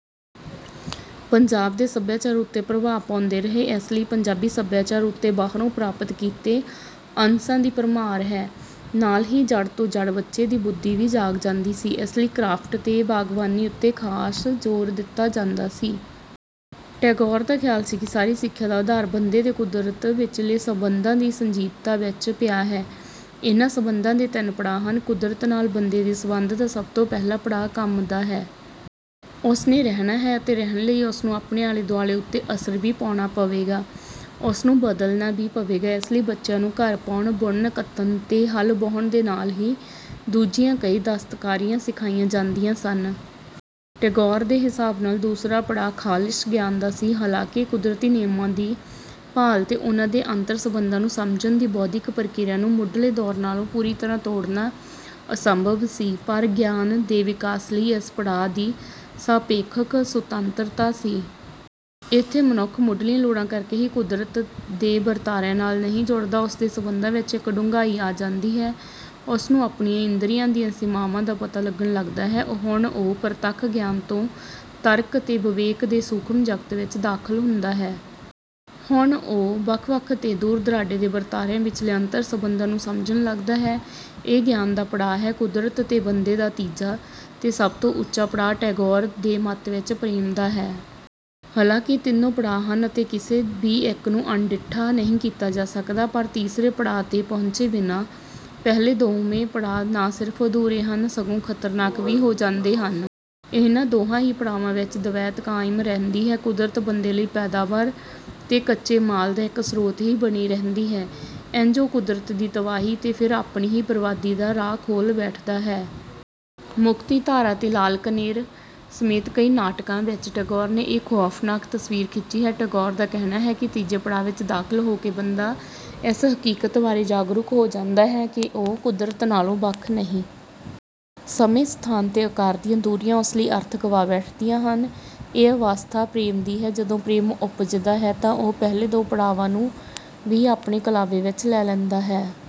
ਪੰਜਾਬ ਦੇ ਸਭਿਆਚਾਰ ਉੱਤੇ ਪ੍ਰਭਾਵ ਪਾਉਂਦੇ ਰਹੇ। ਇਸ ਲਈ ਪੰਜਾਬੀ ਸਭਿਆਚਾਰ ਉੱਤੇ ਬਾਹਰੋਂ ਪ੍ਰਾਪਤ ਕੀਤੇ ਅੰਸ਼ਾਂ ਦੀ ਭਰਮਾਰ ਹੈ। ਨਾਲ ਹੀ ਜੜ੍ਹ ਤੋਂ ਜੜ੍ਹ ਬੱਚੇ ਦੀ ਬੁੱਧੀ ਵੀ ਜਾਗ ਜਾਂਦੀ ਸੀ। ਇਸ ਲਈ ਕ੍ਰਾਫਟ ਤੇ ਬਾਗਬਾਨੀ ਉੱਤੇ ਖਾਸ ਜ਼ੋਰ ਦਿੱਤਾ ਜਾਂਦਾ ਸੀ। ਟੈਗੋਰ ਦਾ ਖ਼ਿਆਲ ਸੀ ਕਿ ਸਾਰੀ ਸਿੱਖਿਆ ਦਾ ਆਧਾਰ ਬੰਦੇ ਤੇ ਕੁਦਰਤ ਵਿਚਲੇ ਸੰਬੰਧਾਂ ਦੀ ਸਜੀਵਤਾ ਵਿੱਚ ਪਿਆ ਹੈ। ਇਨ੍ਹਾਂ ਸੰਬੰਧਾਂ ਦੇ ਤਿੰਨ ਪੜਾਅ ਹਨ। ਕੁਦਰਤ ਨਾਲ ਬੰਦੇ ਦੇ ਸੰਬੰਧ ਦਾ ਸਭ ਤੋਂ ਪਹਿਲਾ ਪੜਾਅ ‘ਕੰਮ’ ਦਾ ਹੈ। ਉਸ ਨੇ ਰਹਿਣਾ ਹੈ ਅਤੇ ਰਹਿਣ ਲਈ ਉਸਨੂੰ ਆਪਣੇ ਆਲੇ-ਦੁਆਲੇ ਉੱਤੇ ਅਸਰ ਵੀ ਪਾਉਣਾ ਪਵੇਗਾ, ਉਸਨੂੰ ਬਦਲਣਾ ਵੀ ਪਵੇਗਾ। ਇਸ ਲਈ ਬੱਚਿਆਂ ਨੂੰ ਘਰ ਪਾਉਣ, ਬੁਣਨ-ਕੱਤਣ ਤੇ ਹਲ ਵਾਹੁਣ ਦੇ ਨਾਲ ਹੀ ਦੂਜੀਆਂ ਕਈ ਦਸਤਕਾਰੀਆਂ ਸਿਖਾਈਆਂ ਜਾਂਦੀਆਂ ਸਨ। ਟੈਗੋਰ ਦੇ ਹਿਸਾਬ ਨਾਲ ਦੂਸਰਾ ਪੜਾਅ ਖ਼ਾਲਿਸ ਗਿਆਨ ਦਾ ਸੀ। ਹਾਲਾਂਕਿ ਕੁਦਰਤੀ ਨੇਮਾਂ ਦੀ ਭਾਲ ਤੇ ਉਨ੍ਹਾਂ ਦੇ ਅੰਤਰ-ਸੰਬੰਧਾਂ ਨੂੰ ਸਮਝਣ ਦੀ ਬੌਧਿਕ ਪ੍ਰਕਿਰਿਆ ਨੂੰ ਮੁੱਢਲੇ ਦੌਰ ਨਾਲੋਂ ਪੂਰੀ ਤਰ੍ਹਾਂ ਤੋੜਣਾ ਅਸੰਭਵ ਸੀ, ਪਰ ਗਿਆਨ ਦੇ ਵਿਕਾਸ ਲਈ ਇਸ ਪੜਾਅ ਦੀ ਸਾਪੇਖਕ ਸੁਤੰਤਰਤਾ ਸੀ। ਇੱਥੇ ਮਨੁੱਖ ਮੁੱਢਲੀਆਂ ਲੋੜਾਂ ਕਰਕੇ ਹੀ ਕੁਦਰਤ ਦੇ ਵਰਤਾਰਿਆਂ ਨਾਲ ਨਹੀਂ ਜੁੜਦਾ, ਉਸਦੇ ਸੰਬੰਧਾਂ ਵਿੱਚ ਇੱਕ ਡੂੰਘਾਈ ਆ ਜਾਂਦੀ ਹੈ। ਉਸਨੂੰ ਆਪਣੀਆਂ ਇੰਦਰੀਆਂ ਦੀਆਂ ਸੀਮਾਵਾਂ ਦਾ ਪਤਾ ਲੱਗਣ ਲੱਗਦਾ ਹੈ। ਹੁਣ ਉਹ ਪ੍ਰਤੱਖ ਗਿਆਨ ਤੋਂ ਤਰਕ ਤੇ ਵਿਵੇਕ ਦੇ ਸੂਖਮ ਜਗਤ ਵਿੱਚ ਦਾਖ਼ਲ ਹੁੰਦਾ ਹੈ। ਹੁਣ ਉਹ ਵੱਖ-ਵੱਖ ਤੇ ਦੂਰ-ਦੁਰਾਡੇ ਦੇ ਵਰਤਾਰਿਆਂ ਵਿਚਲੇ ਅੰਤਰ-ਸੰਬੰਧਾਂ ਨੂੰ ਸਮਝਣ ਲੱਗਦਾ ਹੈ। ਇਹ ਗਿਆਨ ਦਾ ਪੜਾਅ ਹੈ। ਕੁਦਰਤ ਤੇ ਬੰਦੇ ਦਾ ਤੀਜਾ ਤੇ ਸਭ ਤੋਂ ਉੱਚਾ ਪੜਾਅ, ਟੈਗੋਰ ਦੇ ਮੱਤ ਵਿੱਚ, ਪ੍ਰੇਮ ਦਾ ਹੈ। ਹਾਲਾਂਕਿ ਤਿੰਨੋਂ ਪੜਾਅ ਹਨ ਅਤੇ ਕਿਸੇ ਵੀ ਇੱਕ ਨੂੰ ਅਣਡਿੱਠਾ ਨਹੀਂ ਕੀਤਾ ਜਾ ਸਕਦਾ, ਪਰ ਤੀਸਰੇ ਪੜਾਅ ’ਤੇ ਪਹੁੰਚੇ ਬਿਨਾਂ ਪਹਿਲੇ ਦੋਵੇਂ ਪੜਾਅ ਨਾ ਸਿਰਫ਼ ਅਧੂਰੇ ਹਨ, ਸਗੋਂ ਖ਼ਤਰਨਾਕ ਵੀ ਹੋ ਜਾਂਦੇ ਹਨ। ਇਹਨਾਂ ਦੋਹਾਂ ਹੀ ਪੜਾਵਾਂ ਵਿੱਚ ਦਵੈਤ ਕਾਇਮ ਰਹਿੰਦੀ ਹੈ। ਕੁਦਰਤ ਬੰਦੇ ਲਈ ਪੈਦਾਵਾਰ ਤੇ ਕੱਚੇ ਮਾਲ ਦਾ ਇੱਕ ਸਰੋਤ ਹੀ ਬਣੀ ਰਹਿੰਦੀ ਹੈ। ਇੰਜ ਉਹ ਕੁਦਰਤ ਦੀ ਤਬਾਹੀ ਤੇ ਫਿਰ ਆਪਣੀ ਹੀ ਬਰਬਾਦੀ ਦਾ ਰਾਹ ਖੋਲ੍ਹ ਬੈਠਦਾ ਹੈ। ‘ਮੁਕਤੀਧਾਰਾ’ ਤੇ ‘ਲਾਲ ਕਨੇਰ’ ਸਮੇਤ ਕਈ ਨਾਟਕਾਂ ਵਿੱਚ ਟੈਗੋਰ ਨੇ ਇਹ ਖ਼ੌਫ਼ਨਾਕ ਤਸਵੀਰ ਖਿੱਚੀ ਹੈ। ਟੈਗੋਰ ਦਾ ਕਹਿਣਾ ਹੈ ਕਿ ਤੀਜੇ ਪੜਾਅ ਵਿੱਚ ਦਾਖ਼ਲ ਹੋ ਕੇ ਬੰਦਾ ਇਸ ਹਕੀਕਤ ਬਾਰੇ ਜਾਗਰੂਕ ਹੋ ਜਾਂਦਾ ਹੈ ਕਿ ਉਹ ਕੁਦਰਤ ਨਾਲੋਂ ਵੱਖ ਨਹੀਂ। ਸਮੇਂ, ਸਥਾਨ ਤੇ ਆਕਾਰ ਦੀਆਂ ਦੂਰੀਆਂ ਉਸ ਲਈ ਅਰਥ ਗਵਾ ਬੈਠਦੀਆਂ ਹਨ—ਇਹ ਅਵਸਥਾ ਪ੍ਰੇਮ ਦੀ ਹੈ। ਜਦੋਂ ਪ੍ਰੇਮ ਉਪਜਦਾ ਹੈ ਤਾਂ ਉਹ ਪਹਿਲੇ ਦੋ ਪੜਾਵਾਂ ਨੂੰ ਵੀ ਆਪਣੇ ਕਲਾਵੇ ਵਿੱਚ ਲੈ ਲੈਂਦਾ ਹੈ।